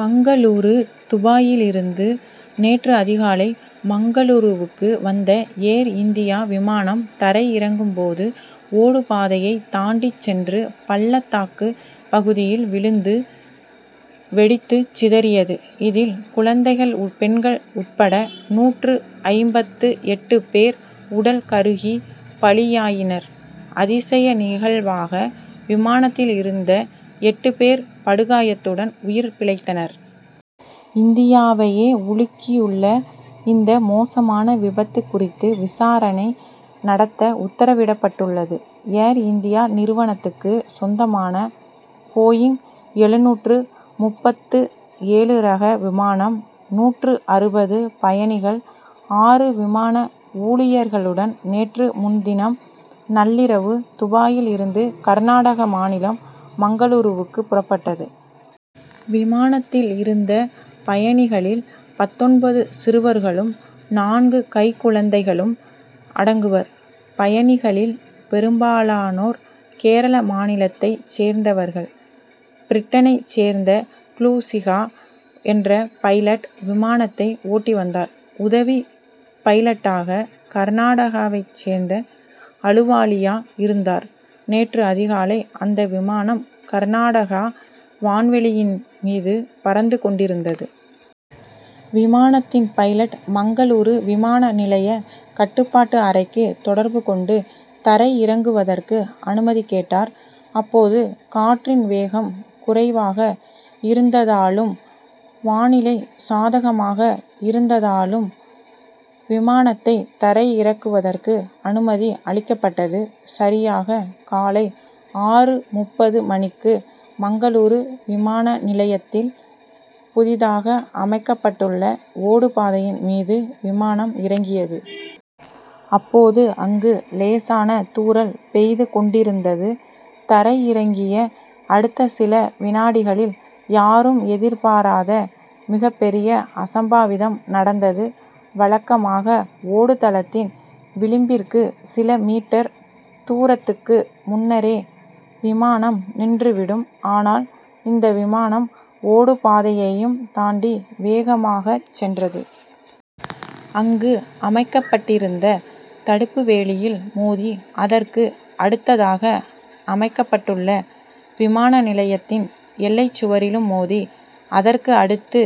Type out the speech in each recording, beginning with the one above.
மங்களூரு துபாயிலிருந்து நேற்று அதிகாலை மங்களூருவுக்கு வந்த ஏர் இந்தியா விமானம் தரை இறங்கும் போது ஓடுபாதையை தாண்டிச் சென்று பள்ளத்தாக்கு பகுதியில் விழுந்து வெடித்துச் சிதறியது. இதில் குழந்தைகள் பெண்கள் உட்பட நூற்று ஐம்பத்து எட்டு பேர் உடல் கருகி பலியாயினர். அதிசய நிகழ்வாக விமானத்தில் இருந்த எட்டு பேர் படுகாயத்துடன் உயிர் பிழைத்தனர். இந்தியாவையே உலுக்கியுள்ள இந்த மோசமான விபத்து குறித்து விசாரணை நடத்த உத்தரவிடப்பட்டுள்ளது. ஏர் இந்தியா நிறுவனத்துக்கு சொந்தமான போயிங் எழுநூற்று முப்பத்து ஏழு ரக விமானம் நூற்று அறுபது பயணிகள் ஆறு விமான ஊழியர்களுடன் நேற்று முன்தினம் நள்ளிரவு துபாயில் இருந்து கர்நாடக மாநிலம் மங்களூருவுக்கு புறப்பட்டது. விமானத்தில் இருந்த பயணிகளில் பத்தொன்பது சிறுவர்களும் நான்கு கைக்குழந்தைகளும் அடங்குவர். பயணிகளில் பெரும்பாலானோர் கேரள மாநிலத்தைச் சேர்ந்தவர்கள். பிரிட்டனைச் சேர்ந்த க்ளூசிகா என்ற பைலட் விமானத்தை ஓட்டி வந்தார். உதவி பைலட்டாக கர்நாடகாவைச் சேர்ந்த அலுவாலியா இருந்தார். நேற்று அதிகாலை அந்த விமானம் கர்நாடகா வான்வெளியின் மீது பறந்து கொண்டிருந்தது. விமானத்தின் பைலட் மங்களூரு விமான நிலைய கட்டுப்பாட்டு அறைக்கு தொடர்பு கொண்டு தரை இறங்குவதற்கு அனுமதி கேட்டார். அப்போது காற்றின் வேகம் குறைவாக இருந்ததாலும் வானிலை சாதகமாக இருந்ததாலும் விமானத்தை தரை இறக்குவதற்கு அனுமதி அளிக்கப்பட்டது. சரியாக காலை ஆறு முப்பது மணிக்கு மங்களூரு விமான நிலையத்தில் புதிதாக அமைக்கப்பட்டுள்ள ஓடுபாதையின் மீது விமானம் இறங்கியது. அப்போது அங்கு லேசான தூறல் பெய்து கொண்டிருந்தது. தரை இறங்கிய அடுத்த சில வினாடிகளில் யாரும் எதிர்பாராத மிகப் பெரிய அசம்பாவிதம் நடந்தது. வழக்கமாக ஓடுதளத்தின் விளிம்பிற்கு சில மீட்டர் தூரத்துக்கு முன்னரே விமானம் நின்று விடும். ஆனால் இந்த விமானம் ஓடுபாதையையும் தாண்டி வேகமாகச் சென்றது. அங்கு அமைக்கப்பட்டிருந்த தடுப்பு வேலியில் மோதி அதற்கு அடுத்ததாக அமைக்கப்பட்டுள்ள விமான நிலையத்தின் எல்லைச் சுவரிலும் மோதி அதற்கு அடுத்து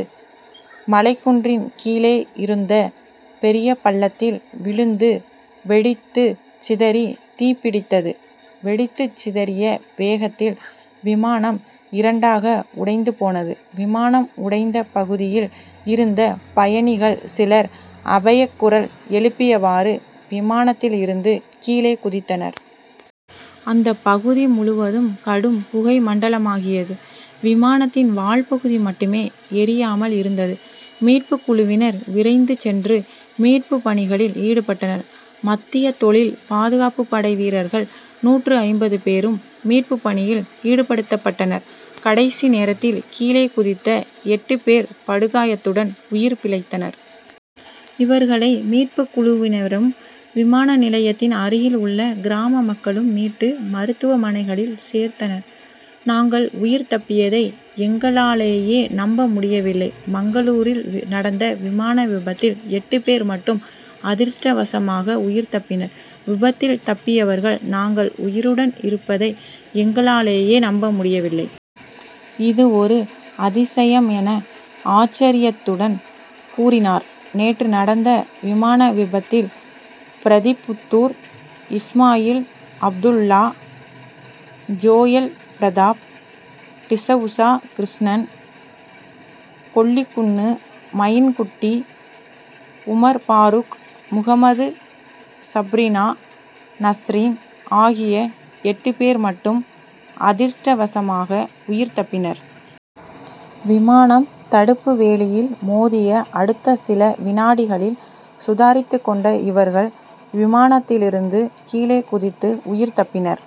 மலைக் குன்றின் கீழே இருந்த பெரிய பள்ளத்தில் விழுந்து வெடித்துச் சிதறி தீப்பிடித்தது. வெடித்துச் சிதறிய வேகத்தில் விமானம் இரண்டாக உடைந்து போனது. விமானம் உடைந்த பகுதியில் இருந்த பயணிகள் சிலர் அபயக் குரல் எழுப்பியவாறு விமானத்தில் இருந்து கீழே குதித்தனர். அந்த பகுதி முழுவதும் கடும் புகை மண்டலமாகியது. விமானத்தின் வால் பகுதி மட்டுமே எரியாமல் இருந்தது. மீட்புக் குழுவினர் விரைந்து சென்று மீட்புப் பணிகளில் ஈடுபட்டனர். மத்திய தொழில் பாதுகாப்பு படை வீரர்கள் நூற்று ஐம்பது பேரும் மீட்புப் பணியில் ஈடுபடுத்தப்பட்டனர். கடைசி நேரத்தில் கீழே குதித்த எட்டு பேர் படுகாயத்துடன் உயிர் பிழைத்தனர். இவர்களை மீட்புக் குழுவினரும் விமான நிலையத்தின் அருகில் உள்ள கிராம மக்களும் மீட்டு மருத்துவமனைகளில் சேர்த்தனர். நாங்கள் உயிர் தப்பியதை எங்களாலேயே நம்ப முடியவில்லை. மங்களூரில் நடந்த விமான விபத்தில் எட்டு பேர் மட்டும் அதிர்ஷ்டவசமாக உயிர் தப்பினர். விபத்தில் தப்பியவர்கள் நாங்கள் உயிருடன் இருப்பதை எங்களாலேயே நம்ப முடியவில்லை. இது ஒரு அதிசயம் என ஆச்சர்யத்துடன் கூறினார். நேற்று நடந்த விமான விபத்தில் பிரதிப் புத்துர் இஸ்மாயில் அப்துல்லா ஜோயல் பிரதாப் டிசவுசா கிருஷ்ணன் கொல்லிக்குன்னு மயின் குட்டி உமர் பாருக் முகமது சப்ரினா நஸ்ரின் ஆகிய எட்டு பேர் மட்டும் அதிர்ஷ்டவசமாக உயிர் தப்பினர். விமானம் தடுப்பு வேலியில் மோதிய அடுத்த சில வினாடிகளில் சுதாரித்து கொண்ட இவர்கள் விமானத்திலிருந்து கீழே குதித்து உயிர் தப்பினர்.